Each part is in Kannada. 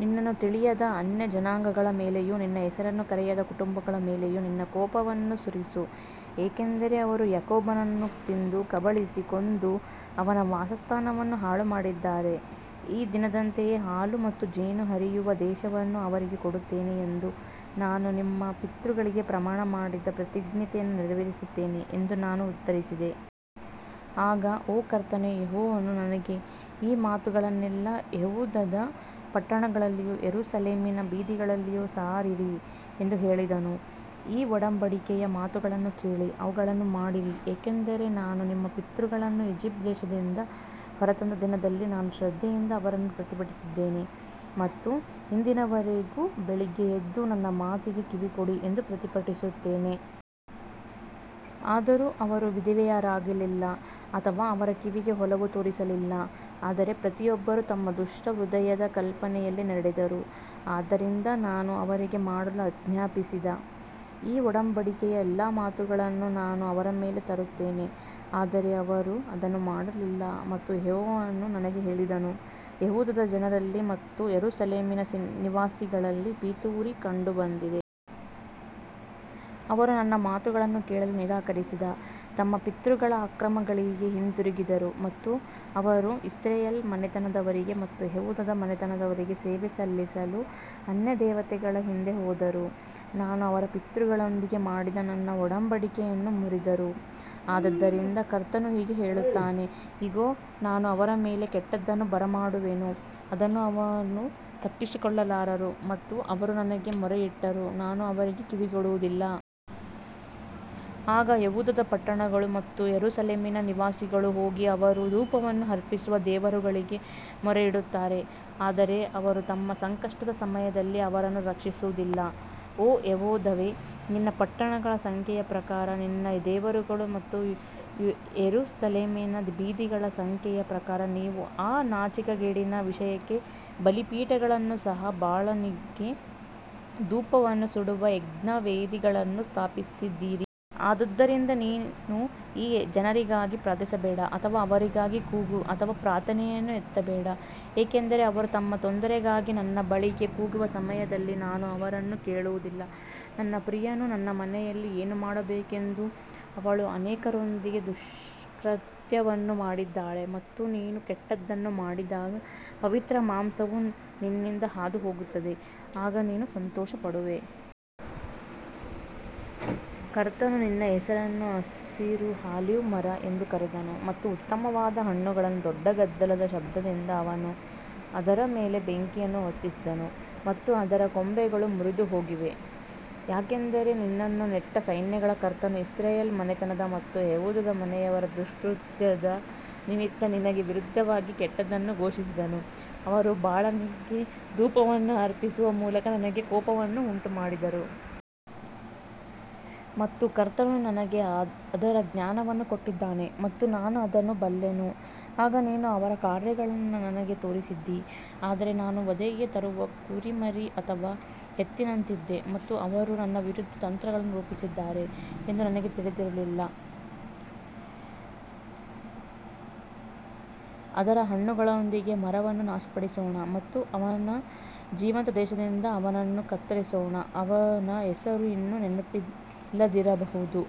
ನಿನ್ನನ್ನು ತಿಳಿಯದ ಅನ್ಯಜನಾಂಗಗಳ ಮೇಲೆಯೂ ನಿನ್ನ ಹೆಸರನ್ನು ಕರೆಯದ ಕುಟುಂಬಗಳ ಮೇಲೆಯೂ ನಿನ್ನ ಕೋಪವನ್ನು ಸುರಿಸು, ಯಾಕಂದರೆ ಅವರು ಯಾಕೋಬನನ್ನು ತಿಂದು ಕಬಳಿಸಿ ಕೊಂದು ಅವನ ವಾಸಸ್ಥಾನವನ್ನು ಹಾಳುಮಾಡಿದ್ದಾರೆ. ಈ ದಿನದಂತೆಯೇ ಹಾಲು ಮತ್ತು ಜೇನು ಹರಿಯುವ ದೇಶವನ್ನು ಅವರಿಗೆ ಕೊಡುತ್ತೇನೆ ಎಂದು ನಾನು ನಿಮ್ಮ ಪಿತೃಗಳಿಗೆ ಪ್ರಮಾಣ ಮಾಡಿದ ಪ್ರತಿಜ್ಞೆಯನ್ನು ನೆರವೇರಿಸುತ್ತೇನೆ ಎಂದು ನಾನು ಉತ್ತರಿಸಿದೆ. ಆಗ ಓ ಕರ್ತನೇ, ಯೆಹೋವನು ನನಗೆ ಈ ಮಾತುಗಳನ್ನೆಲ್ಲಾ ಯೆಹೂದದ ಪಟ್ಟಣಗಳಲ್ಲಿಯೂ ಯೆರೂಸಲೇಮಿನ ಬೀದಿಗಳಲ್ಲಿಯೂ ಸಾರಿರಿ ಎಂದು ಹೇಳಿದನು. ಈ ಒಡಂಬಡಿಕೆಯ ಮಾತುಗಳನ್ನು ಕೇಳಿ ಅವುಗಳನ್ನು ಮಾಡಿರಿ, ಯಾಕಂದರೆ ನಾನು ನಿಮ್ಮ ಪಿತೃಗಳನ್ನು ಈಜಿಪ್ಟ್ ದೇಶದಿಂದ ಹೊರತಂದ ದಿನದಲ್ಲಿ ನಾನು ಶ್ರದ್ಧೆಯಿಂದ ಅವರನ್ನು ಪ್ರತಿಭಟಿಸಿದ್ದೇನೆ ಮತ್ತು ಇಂದಿನವರೆಗೂ ಬೆಳಿಗ್ಗೆ ಎದ್ದು ನನ್ನ ಮಾತಿಗೆ ಕಿವಿಗೊಡಿ ಎಂದು ಪ್ರತಿಭಟಿಸುತ್ತೇನೆ. ಆದರೂ ಅವರು ವಿಧೇಯರಾಗಲಿಲ್ಲ ಅಥವಾ ಅವರ ಕಿವಿಗೆ ಒಲವು ತೋರಿಸಲಿಲ್ಲ, ಆದರೆ ಪ್ರತಿಯೊಬ್ಬರೂ ತಮ್ಮ ದುಷ್ಟ ಹೃದಯದ ಕಲ್ಪನೆಯಲ್ಲಿ ನಡೆದರು, ಆದ್ದರಿಂದ ನಾನು ಅವರಿಗೆ ಮಾಡಲು ಆಜ್ಞಾಪಿಸಿದ ಈ ಒಡಂಬಡಿಕೆಯ ಎಲ್ಲಾ ಮಾತುಗಳನ್ನು ನಾನು ಅವರ ಮೇಲೆ ತರುತ್ತೇನೆ, ಆದರೆ ಅವರು ಅದನ್ನು ಮಾಡಲಿಲ್ಲ. ಮತ್ತು ಯೆಹೋವನು ನನಗೆ ಹೇಳಿದನು, ಯೆಹೂದದ ಜನರಲ್ಲಿ ಮತ್ತು ಯೆರೂಸಲೇಮಿನ ನಿವಾಸಿಗಳಲ್ಲಿ ಪಿತೂರಿ ಕಂಡುಬಂದಿದೆ. ಅವರು ನನ್ನ ಮಾತುಗಳನ್ನು ಕೇಳಲು ನಿರಾಕರಿಸಿದ ತಮ್ಮ ಪಿತೃಗಳ ಅಕ್ರಮಗಳಿಗೆ ಹಿಂತಿರುಗಿದರು ಮತ್ತು ಅವರು ಇಸ್ರಾಯೇಲ್ ಮನೆತನದವರಿಗೆ ಮತ್ತು ಯೆಹೂದದ ಮನೆತನದವರಿಗೆ ಸೇವೆ ಸಲ್ಲಿಸಲು ಅನ್ಯದೇವತೆಗಳ ಹಿಂದೆ ಹೋದರು, ನಾನು ಅವರ ಪಿತೃಗಳೊಂದಿಗೆ ಮಾಡಿದ ನನ್ನ ಒಡಂಬಡಿಕೆಯನ್ನು ಮುರಿದರು. ಆದದರಿಂದ ಕರ್ತನು ಹೀಗೆ ಹೇಳುತ್ತಾನೆ, ಇಗೋ, ನಾನು ಅವರ ಮೇಲೆ ಕೆಟ್ಟದ್ದನ್ನು ಬರಮಾಡುವೆನು, ಅದನ್ನು ಅವರು ತಪ್ಪಿಸಿಕೊಳ್ಳಲಾರರು ಮತ್ತು ಅವರು ನನಗೆ ಮೊರೆಯಿಟ್ಟರೂ ನಾನು ಅವರಿಗೆ ಕಿವಿಗೊಡುವುದಿಲ್ಲ. ಆಗ ಯೆಹೂದದ ಪಟ್ಟಣಗಳು ಮತ್ತು ಯೆರೂಸಲೇಮಿನ ನಿವಾಸಿಗಳು ಹೋಗಿ ಅವರು ಧೂಪವನ್ನು ಅರ್ಪಿಸುವ ದೇವರುಗಳಿಗೆ ಮೊರೆಯಿಡುತ್ತಾರೆ, ಆದರೆ ಅವರು ತಮ್ಮ ಸಂಕಷ್ಟದ ಸಮಯದಲ್ಲಿ ಅವರನ್ನು ರಕ್ಷಿಸುವುದಿಲ್ಲ. ಓ ಯೆಹೂದವೇ, ನಿನ್ನ ಪಟ್ಟಣಗಳ ಸಂಖ್ಯೆಯ ಪ್ರಕಾರ ನಿನ್ನ ದೇವರುಗಳು ಮತ್ತು ಯೆರೂಸಲೇಮಿನ ಬೀದಿಗಳ ಸಂಖ್ಯೆಯ ಪ್ರಕಾರ ನೀವು ಆ ನಾಚಿಕೆಗೇಡಿನ ವಿಷಯಕ್ಕೆ ಬಲಿಪೀಠಗಳನ್ನು ಸಹ ಬಾಳನಿಗೆ ಧೂಪವನ್ನು ಸುಡುವ ಯಜ್ಞವೇದಿಗಳನ್ನು ಸ್ಥಾಪಿಸಿದ್ದೀರಿ. ಆದುದರಿಂದ ನೀನು ಈ ಜನರಿಗಾಗಿ ಪ್ರಾರ್ಥಿಸಬೇಡ ಅಥವಾ ಅವರಿಗಾಗಿ ಕೂಗು ಅಥವಾ ಪ್ರಾರ್ಥನೆಯನ್ನು ಎತ್ತಬೇಡ, ಏಕೆಂದರೆ ಅವರು ತಮ್ಮ ತೊಂದರೆಗಾಗಿ ನನ್ನ ಬಳಿಗೆ ಕೂಗುವ ಸಮಯದಲ್ಲಿ ನಾನು ಅವರನ್ನು ಕೇಳುವುದಿಲ್ಲ. ನನ್ನ ಪ್ರಿಯನು ನನ್ನ ಮನೆಯಲ್ಲಿ ಏನು ಮಾಡಬೇಕೆಂದು ಅವಳು ಅನೇಕರೊಂದಿಗೆ ದುಷ್ಕೃತ್ಯವನ್ನು ಮಾಡಿದ್ದಾಳೆ ಮತ್ತು ನೀನು ಕೆಟ್ಟದ್ದನ್ನು ಮಾಡಿದಾಗ ಪವಿತ್ರ ಮಾಂಸವು ನಿನ್ನಿಂದ ಹಾದುಹೋಗುತ್ತದೆ, ಆಗ ನೀನು ಸಂತೋಷಪಡುವೆ. ಕರ್ತನು ನಿನ್ನ ಹೆಸರನ್ನು ಹಸಿರು ಆಲಿವ್ ಮರ ಎಂದು ಕರೆದನು ಮತ್ತು ಉತ್ತಮವಾದ ಹಣ್ಣುಗಳನ್ನು ದೊಡ್ಡ ಗದ್ದಲದ ಶಬ್ದದಿಂದ ಅವನು ಅದರ ಮೇಲೆ ಬೆಂಕಿಯನ್ನು ಹೊತ್ತಿಸಿದನು ಮತ್ತು ಅದರ ಕೊಂಬೆಗಳು ಮುರಿದುಹೋಗಿವೆ. ಯಾಕಂದರೆ ನಿನ್ನನ್ನು ನೆಟ್ಟ ಸೈನ್ಯಗಳ ಕರ್ತನು ಇಸ್ರಾಯೇಲ್ ಮನೆತನದ ಮತ್ತು ಯೆಹೂದದ ಮನೆಯವರ ದುಷ್ಕೃತ್ಯದ ನಿಮಿತ್ತ ನಿನಗೆ ವಿರುದ್ಧವಾಗಿ ಕೆಟ್ಟದ್ದನ್ನು ಘೋಷಿಸಿದನು, ಅವರು ಬಾಳನಿಗೆ ಧೂಪವನ್ನು ಅರ್ಪಿಸುವ ಮೂಲಕ ನನಗೆ ಕೋಪವನ್ನು ಉಂಟುಮಾಡಿದರು. ಮತ್ತು ಕರ್ತನು ನನಗೆ ಅದರ ಜ್ಞಾನವನ್ನು ಕೊಟ್ಟಿದ್ದಾನೆ ಮತ್ತು ನಾನು ಅದನ್ನು ಬಲ್ಲೆನು, ಆಗ ನೀನು ಅವರ ಕಾರ್ಯಗಳನ್ನು ನನಗೆ ತೋರಿಸಿದ್ದೀ. ಆದರೆ ನಾನು ವಧೆಗೆ ತರುವ ಕುರಿಮರಿ ಅಥವಾ ಎತ್ತಿನಂತಿದ್ದೆ ಮತ್ತು ಅವರು ನನ್ನ ವಿರುದ್ಧ ತಂತ್ರಗಳನ್ನು ರೂಪಿಸಿದ್ದಾರೆ ಎಂದು ನನಗೆ ತಿಳಿದಿರಲಿಲ್ಲ. ಅದರ ಹಣ್ಣುಗಳೊಂದಿಗೆ ಮರವನ್ನು ನಾಶಪಡಿಸೋಣ ಮತ್ತು ಅವನ ಜೀವಂತ ದೇಶದಿಂದ ಅವನನ್ನು ಕತ್ತರಿಸೋಣ, ಅವನ ಹೆಸರು ಇನ್ನು ನೆನಪಿಲ್ಲದಿರಬಹುದು.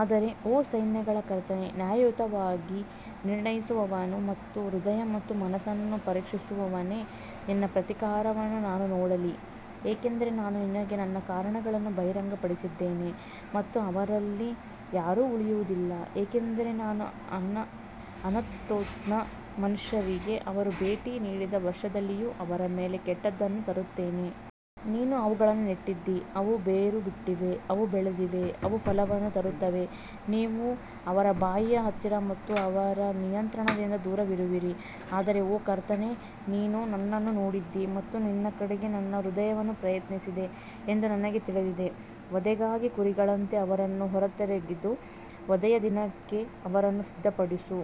ಆದರೆ ಓ ಸೈನ್ಯಗಳ ಕರ್ತನೇ, ನ್ಯಾಯಯುತವಾಗಿ ನಿರ್ಣಯಿಸುವವನು ಮತ್ತು ಹೃದಯ ಮತ್ತು ಮನಸ್ಸನ್ನು ಪರೀಕ್ಷಿಸುವವನೇ, ನಿನ್ನ ಪ್ರತೀಕಾರವನ್ನು ನಾನು ನೋಡಲಿ, ಏಕೆಂದರೆ ನಾನು ನಿನಗೆ ನನ್ನ ಕಾರಣವನ್ನು ಬಹಿರಂಗಪಡಿಸಿದ್ದೇನೆ. ಮತ್ತು ಅವರಲ್ಲಿ ಯಾರೂ ಉಳಿಯುವದಿಲ್ಲ, ಏಕೆಂದರೆ ನಾನು ಅನಾತೋತ್ನ ಮನುಷ್ಯರಿಗೆ ಅವರು ಭೇಟಿ ನೀಡಿದ ವರ್ಷದಲ್ಲಿಯೂ ಅವರ ಮೇಲೆ ಕೆಟ್ಟದ್ದನ್ನು ತರುತ್ತೇನೆ. ನೀನು ಅವುಗಳನ್ನು ನೆಟ್ಟಿದ್ದೀ, ಅವು ಬೇರು ಬಿಟ್ಟಿವೆ, ಅವು ಬೆಳೆದಿವೆ, ಅವು ಫಲವನ್ನು ತರುತ್ತವೆ. ನೀವು ಅವರ ಬಾಯಿಯ ಹತ್ತಿರ ಮತ್ತು ಅವರ ನಿಯಂತ್ರಣದಿಂದ ದೂರವಿರುವಿರಿ. ಆದರೆ ಓ ಕರ್ತನೇ, ನೀನು ನನ್ನನ್ನು ನೋಡಿದ್ದೀ ಮತ್ತು ನಿನ್ನ ಕಡೆಗೆ ನನ್ನ ಹೃದಯವನ್ನು ಪ್ರಯತ್ನಿಸಿದೆ ಎಂದು ನನಗೆ ತಿಳಿದಿದೆ. ವಧೆಗಾಗಿ ಕುರಿಗಳಂತೆ ಅವರನ್ನು ಹೊರತೆಗೆದು ವಧೆಯ ದಿನಕ್ಕೆ ಅವರನ್ನು ಸಿದ್ಧಪಡಿಸು.